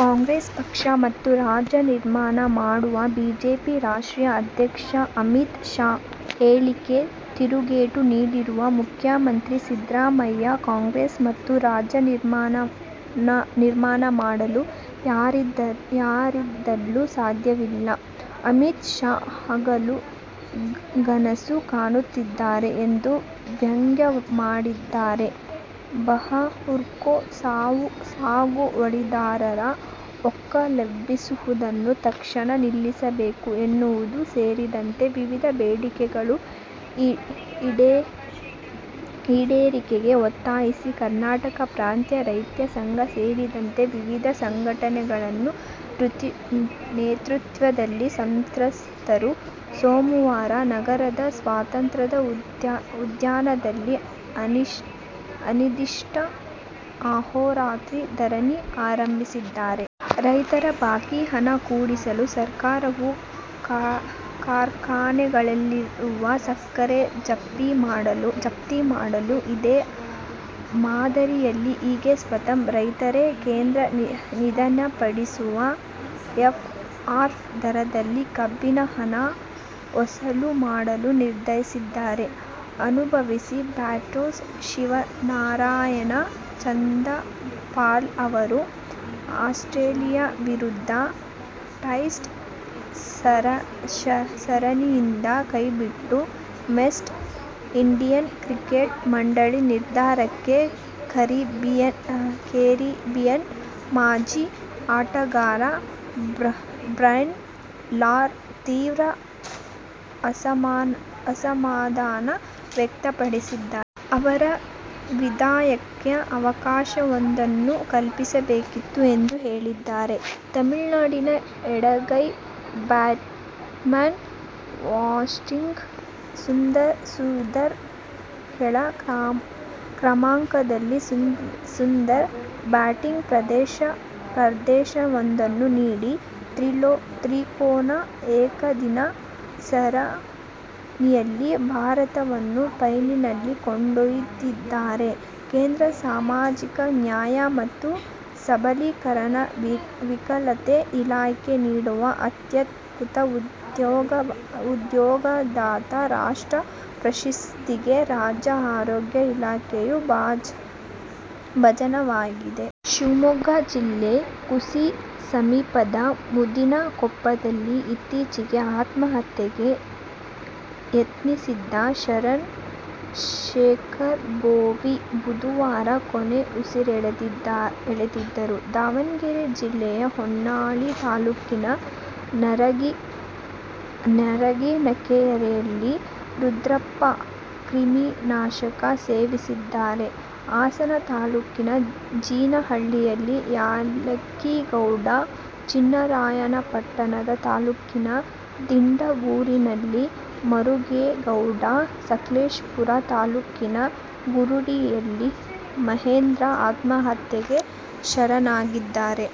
ಕಾಂಗ್ರೆಸ್ ಪಕ್ಷ ಮುಕ್ತ ರಾಜ್ಯ ನಿರ್ಮಾಣ ಮಾಡುವ ಬಿಜೆಪಿ ರಾಷ್ಟ್ರೀಯ ಅದ್ಯಕ್ಷ ಅಮಿತ್ ಶಾ ಹೇಳಿಕೆ ತಿರುಗೇಟು ನೀಡಿರುವ ಮುಖ್ಯಮಂತ್ರಿ ಸಿದ್ದರಾಮಯ್ಯ, ಕಾಂಗ್ರೆಸ್ ಮುಕ್ತ ರಾಜ್ಯ ನಿರ್ಮಾಣ ಮಾಡಲು ಯಾರಿಂದಲೂ ಸಾಧ್ಯವಿಲ್ಲ. ಅಮಿತ್ ಶಾ ಹಗಲು ಗನಸು ಕಾಣುತ್ತಿದ್ದಾರೆ ಎಂದು ವ್ಯಂಗ್ಯವಾಡಿದ್ದಾರೆ. ಬಗರ್ಹುಕುಂ ಸಾಗುವಳಿದಾರರ ಒಕ್ಕಲೆಬ್ಬಿಸುವುದನ್ನು ತಕ್ಷಣ ನಿಲ್ಲಿಸಬೇಕು ಎನ್ನುವುದು ಸೇರಿದಂತೆ ವಿವಿಧ ಬೇಡಿಕೆಗಳ ಈಡೇರಿಕೆಗೆ ಒತ್ತಾಯಿಸಿ ಕರ್ನಾಟಕ ಪ್ರಾಂತ ರೈತ ಸಂಘ ಸೇರಿದಂತೆ ವಿವಿಧ ಸಂಘಟನೆಗಳ ನೇತೃತ್ವದಲ್ಲಿ ಸಂತ್ರಸ್ತರು ಸೋಮವಾರ ನಗರದ ಸ್ವಾತಂತ್ರ್ಯ ಉದ್ಯಾನದಲ್ಲಿ ಅನಿರ್ದಿಷ್ಟ ಅಹೋರಾತ್ರಿ ಧರಣಿ ಆರಂಭಿಸಿದ್ದಾರೆ. ರೈತರ ಬಾಕಿ ಹಣ ಕೊಡಿಸಲು ಸರ್ಕಾರವು ಕಾರ್ಖಾನೆಗಳಲ್ಲಿರುವ ಸಕ್ಕರೆ ಜಪ್ತಿ ಮಾಡಿತ್ತು. ಇದೇ ಮಾದರಿಯಲ್ಲಿ ಈಗ ಸ್ವತಃ ರೈತರೇ ಕೇಂದ್ರ ನಿಗದಿಪಡಿಸಿದ ಎಫ್ಆರ್ಪಿ ದರದಲ್ಲಿ ಕಬ್ಬಿನ ಹಣ ವಸೂಲು ಮಾಡಲು ನಿರ್ಧರಿಸಿದ್ದಾರೆ. ಅನುಭವಿ ಬ್ಯಾಟ್ಸ್ಮನ್ ಶಿವನಾರಾಯಣ್ ಚಂದರ್ಪಾಲ್ ಅವರನ್ನು ಆಸ್ಟ್ರೇಲಿಯ ವಿರುದ್ಧದ ಟೆಸ್ಟ್ ಸರಣಿಯಿಂದ ಕೈಬಿಟ್ಟ ವೆಸ್ಟ್ ಇಂಡೀಸ್ ಕ್ರಿಕೆಟ್ ಮಂಡಳಿ ನಿರ್ಧಾರಕ್ಕೆ ಕೆರಿಬಿಯನ್ನ ಮಾಜಿ ಆಟಗಾರ ಬ್ರ್ಯಾನ್ ಲಾರಾ ತೀವ್ರ ಅಸಮಾಧಾನ ವ್ಯಕ್ತಪಡಿಸಿದ್ದಾರೆ. ಅವರ ವಿದಾಯಕ್ಕೆ ಅವಕಾಶವೊಂದನ್ನು ಕಲ್ಪಿಸಬೇಕಿತ್ತು ಎಂದು ಹೇಳಿದ್ದಾರೆ. ತಮಿಳುನಾಡಿನ ಎಡಗೈ ಬ್ಯಾಟ್ಸ್ಮನ್ ವಾಷಿಂಗ್ಟನ್ ಸುಂದರ್ ಕೆಳ ಕ್ರಮಾಂಕದಲ್ಲಿ ಸುಂದರ ಬ್ಯಾಟಿಂಗ್ ಪ್ರದರ್ಶನವೊಂದನ್ನು ನೀಡಿ ತ್ರಿಕೋನ ಏಕದಿನ ಸರಣಿಯಲ್ಲಿ ಭಾರತವನ್ನು ಫೈನಲಿಗೆ ಕೊಂಡೊಯ್ದಿದ್ದಾರೆ. ಕೇಂದ್ರ ಸಮಾಜಿಕ ನ್ಯಾಯ ಮತ್ತು ಸಬಲೀಕರಣ ವಿಕಲತೆ ಇಲಾಖೆ ನೀಡುವ "ಅತ್ಯುತ್ತಮ ಉದ್ಯೋಗದಾತ ರಾಷ್ಟ್ರ ಪ್ರಶಸ್ತಿಗೆ' ರಾಜ್ಯ ಆರೋಗ್ಯ ಇಲಾಖೆಯು ಭಾಜನವಾಗಿದೆ. ಶಿವಮೊಗ್ಗ ಜಿಲ್ಲೆ ಕುಂಸಿ ಸಮೀಪದ ಮುದ್ದಿನಕೊಪ್ಪದಲ್ಲಿ ಇತ್ತೀಚೆಗೆ ಆತ್ಮಹತ್ಯೆಗೆ ಯತ್ನಿಸಿದ್ದ ಶೇಖರ ಬೋವಿ ಬುಧವಾರ ಕೊನೆಯುಸಿರೆಳೆದರು. ದಾವಣಗೆರೆ ಜಿಲ್ಲೆ ಹೊನ್ನಾಳಿ ತಾಲೂಕಿನ ನರಗಿನಕೆರೆಯಲ್ಲಿ ರುದ್ರೇಶಪ್ಪ ಕ್ರಿಮಿನಾಶಕ ಸೇವಿಸಿದ್ದಾರೆ. ಹಾಸನ ತಾಲೂಕು ಜಿನ್ನಹಳ್ಳಿಯಲ್ಲಿ ಯಾಲಕ್ಕಿಗೌಡ, ಚನ್ನರಾಯಪಟ್ಟನ ತಾಲೂಕಿನ ದಿಂಡಗೂರಿನಲ್ಲಿ ಮರುಗೇಗೌಡ, ಸಕಲೇಶಪುರ ತಾಲೂಕಿನ ಗುರುಡಿಯಲ್ಲಿ ಮಹೇಂದ್ರ ಆತ್ಮಹತ್ಯೆಗೆ ಶರಣಾಗಿದ್ದಾರೆ.